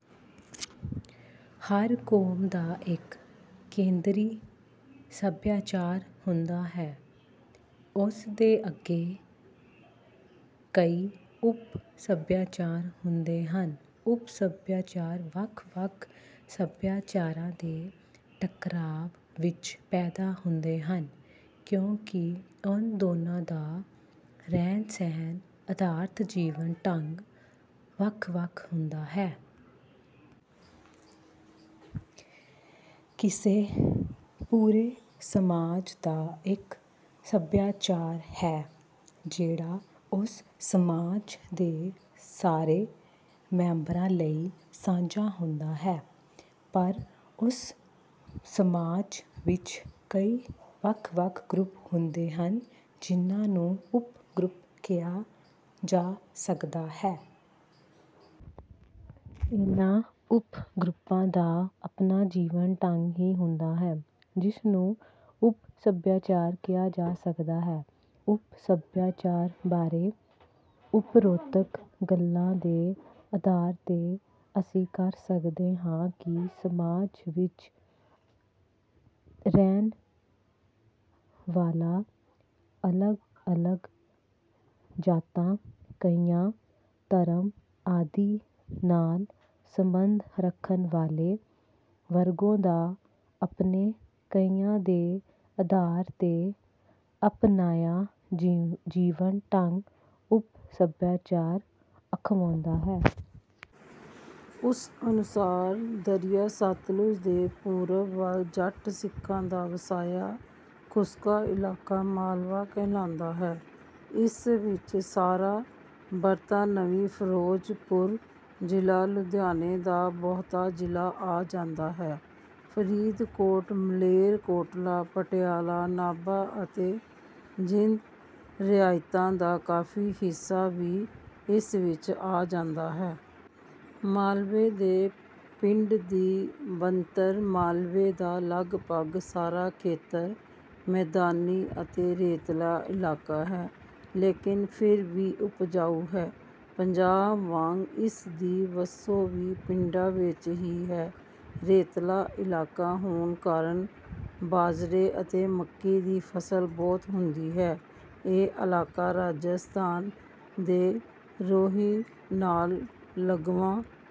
ਹਰ ਕੌਮ ਦਾ ਇਕ ਕੇਂਦਰੀ ਸਭਿਆਚਾਰ ਹੁੰਦਾ ਹੈ। ਉਸ ਦੇ ਅੱਗੇ ਕਈ ਉਪ ਸਭਿਆਚਾਰ ਹੁੰਦੇ ਹਨ। ਉਪ-ਸਭਿਆਚਾਰ ਵੱਖ-ਵੱਖ ਸਭਿਆਚਾਰਾਂ ਦੇ ਟਕਰਾਵ ਵਿੱਚੋਂ ਪੈਦਾ ਹੁੰਦੇ ਹਨ। ਕਿਉਂਕਿ ਉਨ੍ਹ ਦੋਨਾ ਦਾ ਰਹਿਣ-ਸਹਿਣ ਅਰਥਾਤ ਜੀਵਨ-ਢੰਗ ਵੱਖ-ਵੱਖ ਹੁੰਦਾ ਹੈ। ਕਿਸੇ ਪੂਰੇ ਸਮਾਜ ਦਾ ਇਕ ਸਭਿਆਚਾਰ ਹੈ ਜਿਹੜਾ ਉਸ ਸਮਾਜ ਦੇ ਸਾਰੇ ਮੈਂਬਰਾਂ ਲਈ ਸਾਂਝਾ ਹੁੰਦਾ ਹੈ। ਪਰ ਉਸ ਸਮਾਜ ਵਿੱਚ ਕਈ ਵੱਖ-ਵੱਖ ਗਰੁੱਪ ਹੁੰਦੇ ਹਨ। ਜਿਨ੍ਹਾਂ ਨੂੰ ਉਪ-ਗਰੁੱਪ ਕਿਹਾ ਜਾ ਸਕਦਾ ਹੈ। ਇਨ੍ਹਾਂ ਉਪ-ਗਰੁੱਪਾਂ ਦਾ ਆਪਣਾ ਜੀਵਨ ਢੰਗ ਹੀ ਹੁੰਦਾ ਹੈ ਜਿਸ ਨੂੰ ਉਪ-ਸਭਿਆਚਾਰ ਕਿਹਾ ਜਾ ਸਕਦਾ ਹੈ। ਉਪ ਸਭਿਆਚਾਰ ਬਾਰੇ ਉਪਰੋਕਤ ਗੱਲਾਂ ਦੇ ਆਧਾਰ ਤੇ ਅਸੀਂ ਕਰ ਸਕਦੇ ਹਾਂ ਕਿ ਸਮਾਜ ਵਿੱਚ ਰਹਿਣ ਵਾਲਾ ਅਲਗ-ਅਲਗ ਜਾਤਾਂ, ਕਿੱਤਿਆਂ, ਧਰਮਾਂ ਆਦਿ ਨਾਲ ਸਬੰਧ ਰੱਖਣ ਵਾਲੇ ਵਰਗਾਂ ਦਾ ਆਪਣੇ ਕਿੱਤਿਆਂ ਦੇ ਆਧਾਰ ਤੇ ਅਪਣਾਇਆ ਜੀਵਨ-ਢੰਗ ਉਪ-ਸਭਿਆਚਾਰ ਅਖਵਾਉਂਦਾ ਹੈ। ਉਸ ਅਨੁਸਾਰ, "ਦਰਿਆ ਸਤਲੁਜ ਦੇ ਪੂਰਬ ਵੱਲ ਜੱਟ ਸਿੱਖਾਂ ਦਾ ਵਸਾਇਆ ਖੁਸਕ ਇਲਾਕਾ ਮਾਲਵਾ ਕਹਿਲਾਂਦਾ ਹੈ। ਇਸ ਵਿੱਚ ਸਾਰਾ ਬਰਤਾਨਵੀ ਫਿਰੋਜਪੁਰ ਜ਼ਿਲ੍ਹਾ, ਲੁਧਿਆਣੇ ਦਾ ਬਹੁਤਾ ਜ਼ਿਲ੍ਹਾ ਆ ਜਾਂਦਾ ਹੈ। ਫ਼ਰੀਦਕੋਟ, ਮਲੇਰਕੋਟਲਾ, ਪਟਿਆਲਾ, ਨਾਭਾ ਅਤੇ ਜੀਂਦ ਰਿਆਸਤਾਂ ਦਾ ਕਾਫ਼ੀ ਹਿੱਸਾ ਵੀ ਇਸ ਵਿੱਚ ਆ ਜਾਂਦਾ ਹੈ। ਮਾਲਵੇ ਦੇ ਪਿੰਡ ਦੀ ਬਣਤਰ, ਮਾਲਵੇ ਦਾ ਲਗਭਗ ਸਾਰਾ ਖੇਤਰ ਮੈਦਾਨੀ ਅਤੇ ਰੇਤਲਾ ਇਲਾਕਾ ਹੈ ਲੇਕਿਨ ਫਿਰ ਵੀ ਉਪਜਾਊ ਹੈ। ਪੰਜਾਬ ਵਾਂਗ ਇਸਦੀ ਵਸੋਂ ਵੀ ਪਿੰਡਾਂ ਵਿੱਚ ਹੀ ਹੈ। ਰੇਤਲਾ ਇਲਾਕਾ ਹੋਣ ਕਾਰਨ ਬਾਜਰੇ ਅਤੇ ਮੱਕੀ ਦੀ ਫਸਲ ਬਹੁਤ ਹੁੰਦੀ ਹੈ। ਇਹ ਇਲਾਕਾ ਰਾਜਸਥਾਨ ਦੇ ਰੋਹੀ ਨਾਲ ਲੱਗਵਾਂ